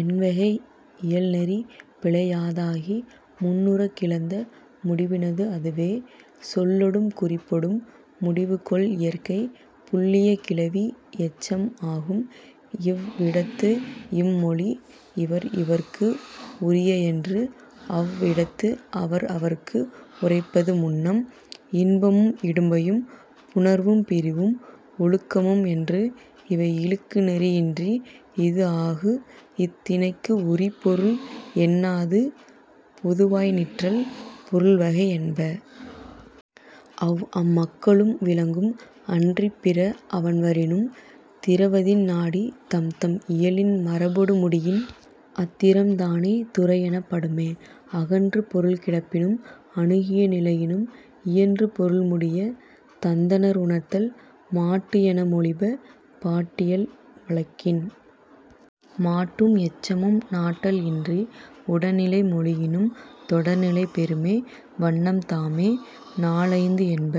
எண் வகை இயல் நெறி பிழையாதாகி முன்னுறக் கிளந்த முடிவினது அதுவே. சொல்லொடும் குறிப்பொடும் முடிவு கொள் இயற்கை புல்லிய கிளவி எச்சம் ஆகும். இவ் இடத்து இம் மொழி இவர் இவர்க்கு உரிய என்று அவ் இடத்து அவர் அவர்க்கு உரைப்பது முன்னம். இன்பமும் இடும்பையும் புணர்வும் பிரிவும் ஒழுக்கமும் என்று இவை இழுக்கு நெறி இன்றி இது ஆகு இத் திணைக்கு உரிப் பொருள் என்னாது பொதுவாய் நிற்றல் பொருள் வகை என்ப. அவ் அம் மக்களும் விலங்கும் அன்றிப் பிற அவண் வரினும் திறவதின் நாடி தம்தம் இயலின் மரபொடு முடியின் அத் திறம்தானே துறை எனப்படுமே. அகன்று பொருள் கிடப்பினும் அணுகிய நிலையினும் இயன்று பொருள் முடிய தந்தனர் உணர்த்தல் மாட்டு என மொழிப பாட்டியல் வழக்கின். மாட்டும் எச்சமும் நாட்டல் இன்றி உடனிலை மொழியினும் தொடர்நிலை பெறுமே. வண்ணம்தாமே நால் ஐந்து என்ப.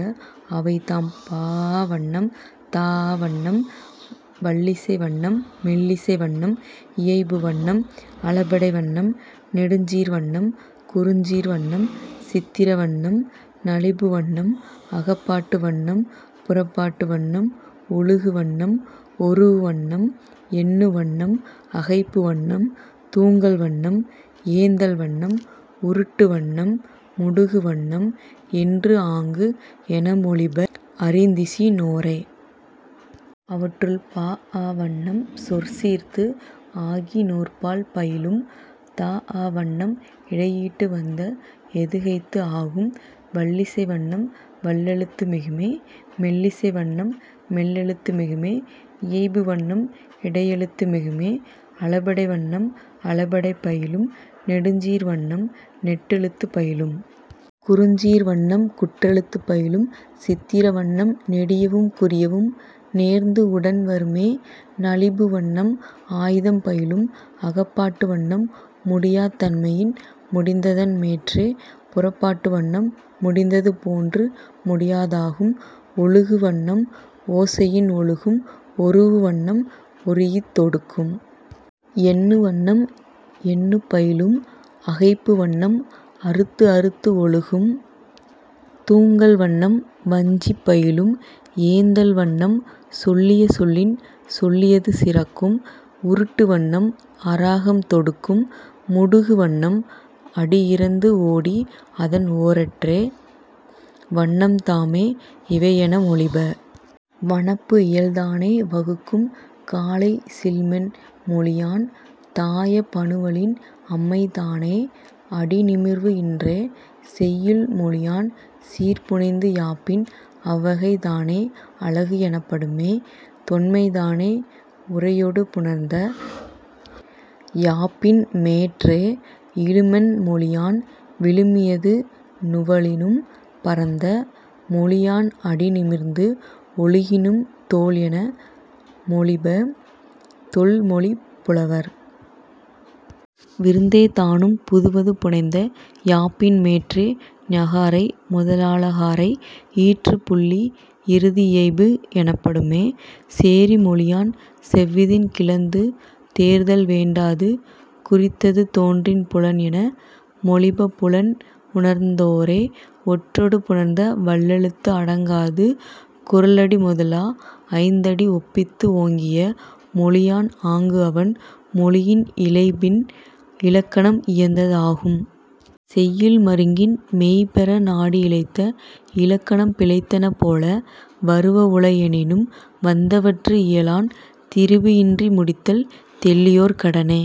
அவைதாம், பாஅ வண்ணம் தாஅ வண்ணம் வல்லிசை வண்ணம் மெல்லிசை வண்ணம் இயைபு வண்ணம் அளபெடை வண்ணம் நெடுஞ்சீர் வண்ணம் குறுஞ்சீர் வண்ணம் சித்திர வண்ணம் நலிபு வண்ணம் அகப்பாட்டு வண்ணம் புறப்பாட்டு வண்ணம் ஒழுகு வண்ணம் ஒரூஉ வண்ணம் எண்ணு வண்ணம் அகைப்பு வண்ணம் தூங்கல் வண்ணம் ஏந்தல் வண்ணம் உருட்டு வண்ணம் முடுகு வண்ணம் என்று ஆங்கு என மொழிப அறிந்திசினோரே. அவற்றுள், பாஅ வண்ணம் சொற்சீர்த்து ஆகி நூற்பால் பயிலும். தாஅ வண்ணம் இடையிட்டு வந்த எதுகைத்து ஆகும். வல்லிசை வண்ணம் வல்லெழுத்து மிகுமே. மெல்லிசை வண்ணம் மெல்லெழுத்து மிகுமே. இயைபு வண்ணம் இடையெழுத்து மிகுமே. அளபெடை வண்ணம் அளபெடை பயிலும். நெடுஞ்சீர் வண்ணம் நெட்டெழுத்துப் பயிலும். குறுஞ்சீர் வண்ணம் குற்றெழுத்துப் பயிலும். சித்திர வண்ணம் நெடியவும் குறியவும் நேர்ந்து உடன் வருமே. நலிபு வண்ணம் ஆய்தம் பயிலும். அகப்பாட்டு வண்ணம் முடியாத் தன்மையின் முடிந்ததன் மேற்றே. புறப்பாட்டு வண்ணம் முடிந்தது போன்று முடியாதாகும். ஒழுகு வண்ணம் ஓசையின் ஒழுகும். ஒரூஉ வண்ணம் ஒரீஇத் தொடுக்கும். எண்ணு வண்ணம் எண்ணுப் பயிலும். அகைப்பு வண்ணம் அறுத்து அறுத்து ஒழுகும். தூங்கல் வண்ணம் வஞ்சி பயிலும். ஏந்தல் வண்ணம் சொல்லிய சொல்லின் சொல்லியது சிறக்கும். உருட்டு வண்ணம் அராகம் தொடுக்கும். முடுகு வண்ணம் அடி இறந்து ஓடி அதன் ஓரற்றே. வண்ணம்தாமே இவை என மொழிப. வனப்பு இயல்தானே வகுக்கும் காலை சில் மென் மொழியான் தாய பனுவலின் அம்மைதானே அடி நிமிர்வு இன்றே. செய்யுள் மொழியான் சீர் புனைந்து யாப்பின் அவ் வகைதானே அழகு எனப்படுமே. தொன்மைதானே உரையொடு புணர்ந்த யாப்பின் மேற்றே. இழுமென் மொழியான் விழுமியது நுவலினும் பரந்த மொழியான் அடி நிமிர்ந்து ஒழுகினும் தோல் என மொழிப தொல் மொழிப் புலவர். விருந்தேதானும் புதுவது புனைந்த யாப்பின் மேற்றே. ஞகாரை முதலா ளகாரை ஈற்றுப் புள்ளி இறுதி இயைபு எனப்படுமே. சேரி மொழியான் செவ்விதின் கிளந்து தேர்தல் வேண்டாது குறித்தது தோன்றின் புலன் என மொழிப புலன் உணர்ந்தோரே. ஒற்றொடு புணர்ந்த வல்லெழுத்து அடங்காது குறளடி முதலா ஐந்து அடி ஒப்பித்து ஓங்கிய மொழியான் ஆங்கு அவண் மொழியின் இழைபின் இலக்கணம் இயைந்ததாகும். செய்யுள் மருங்கின் மெய் பெற நாடி இழைத்த இலக்கணம் பிழைத்தன போல வருவ உள எனினும் வந்தவற்று இயலான் திரிபு இன்றி முடித்தல் தெள்ளியோர் கடனே..